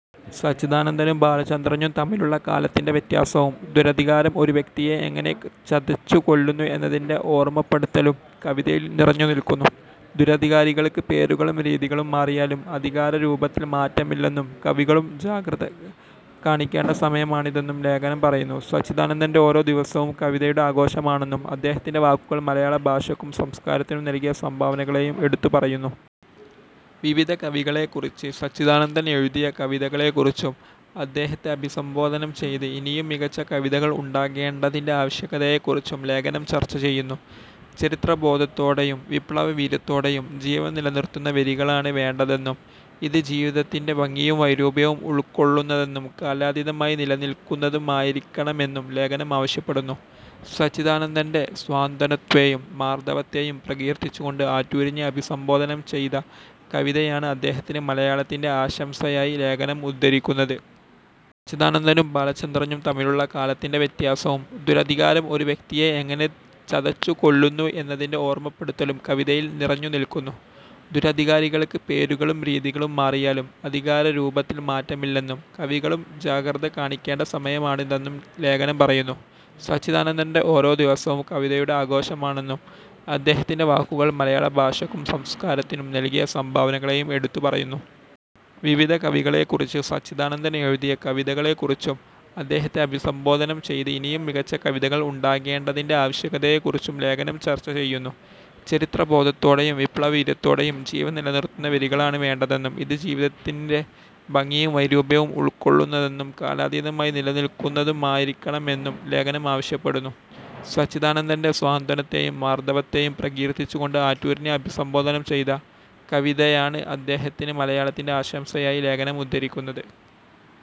സച്ചിദാനന്ദനും ബാലചന്ദ്രനും തമ്മിലുള്ള കാലത്തിന്റെ വ്യത്യാസവും, ദുരധികാരം ഒരു വ്യക്തിയെ എങ്ങനെ ചതച്ചുകൊല്ലുന്നു എന്നതിന്റെ ഓർമ്മപ്പെടുത്തലും കവിതയിൽ നിറഞ്ഞുനിൽക്കുന്നു. ദുരധികാരികൾക്ക് പേരുകളും രീതികളും മാറിയാലും അധികാരരൂപത്തിൽ മാറ്റമില്ലെന്നും, കവികളും ജാഗ്രത കാണിക്കേണ്ട സമയമാണിതെന്നും ലേഖനം പറയുന്നു. സച്ചിദാനന്ദന്റെ ഓരോ ദിവസവും കവിതയുടെ ആഘോഷമാണെന്നും, അദ്ദേഹത്തിന്റെ വാക്കുകൾ മലയാള ഭാഷയ്ക്കും സംസ്കാരത്തിനും നൽകിയ സംഭാവനകളെയും എടുത്തുപറയുന്നു. വിവിധ കവികളെക്കുറിച്ച് സച്ചിദാനന്ദൻ എഴുതിയ കവിതകളെക്കുറിച്ചും, അദ്ദേഹത്തെ അഭിസംബോധന ചെയ്ത് ഇനിയും മികച്ച കവിതകൾ ഉണ്ടാകേണ്ടതിന്റെ ആവശ്യകതയെക്കുറിച്ചും ലേഖനം ചർച്ച ചെയ്യുന്നു. ചരിത്രബോധത്തോടെയും വിപ്ലവ വീര്യത്തോടെയും ജീവൻ നിലനിർത്തുന്ന വരികളാണ് വേണ്ടതെന്നും, ഇത് ജീവിതത്തിന്റെ ഭംഗിയും വൈരൂപ്യവും ഉൾക്കൊള്ളുന്നതും കാലാതീതമായി നിലനിൽക്കുന്നതുമായിരിക്കണമെന്നും ലേഖനം ആവശ്യപ്പെടുന്നു. സച്ചിദാനന്ദന്റെ സാന്ത്വനത്തെയും മാർദ്ദവത്തെയും പ്രകീർത്തിച്ചുകൊണ്ട് ആറ്റൂരിനെ അഭിസംബോധന ചെയ്ത കവിതയാണ് അദ്ദേഹത്തിന് മലയാളത്തിന്റെ ആശംസയായി ലേഖനം ഉദ്ധരിക്കുന്നത്. സച്ചിദാനന്ദനും ബാലചന്ദ്രനും തമ്മിലുള്ള കാലത്തിന്റെ വ്യത്യാസവും, ദുരധികാരം ഒരു വ്യക്തിയെ എങ്ങനെ ചതച്ചുകൊല്ലുന്നു എന്നതിന്റെ ഓർമ്മപ്പെടുത്തലും കവിതയിൽ നിറഞ്ഞുനിൽക്കുന്നു. ദുരധികാരികൾക്ക് പേരുകളും രീതികളും മാറിയാലും അധികാരരൂപത്തിൽ മാറ്റമില്ലെന്നും, കവികളും ജാഗ്രത കാണിക്കേണ്ട സമയമാണിതെന്നും ലേഖനം പറയുന്നു. സച്ചിദാനന്ദന്റെ ഓരോ ദിവസവും കവിതയുടെ ആഘോഷമാണെന്നും, അദ്ദേഹത്തിന്റെ വാക്കുകൾ മലയാള ഭാഷയ്ക്കും സംസ്കാരത്തിനും നൽകിയ സംഭാവനകളെയും എടുത്തുപറയുന്നു. വിവിധ കവികളെക്കുറിച്ച് സച്ചിദാനന്ദൻ എഴുതിയ കവിതകളെക്കുറിച്ചും, അദ്ദേഹത്തെ അഭിസംബോധന ചെയ്ത് ഇനിയും മികച്ച കവിതകൾ ഉണ്ടാകേണ്ടതിന്റെ ആവശ്യകതയെക്കുറിച്ചും ലേഖനം ചർച്ച ചെയ്യുന്നു. ചരിത്രബോധത്തോടെയും വിപ്ലവ വീര്യത്തോടെയും ജീവൻ നിലനിർത്തുന്ന വരികളാണ് വേണ്ടതെന്നും, ഇത് ജീവിതത്തിന്റെ ഭംഗിയും വൈരൂപ്യവും ഉൾക്കൊള്ളുന്നതും കാലാതീതമായി നിലനിൽക്കുന്നതുമായിരിക്കണമെന്നും ലേഖനം ആവശ്യപ്പെടുന്നു. സച്ചിദാനന്ദന്റെ സാന്ത്വനത്തെയും മാർദ്ദവത്തെയും പ്രകീർത്തിച്ചുകൊണ്ട് ആറ്റൂരിനെ അഭിസംബോധന ചെയ്ത കവിതയാണ് അദ്ദേഹത്തിന് മലയാളത്തിന്റെ ആശംസയായി ലേഖനം ഉദ്ധരിക്കുന്നത്.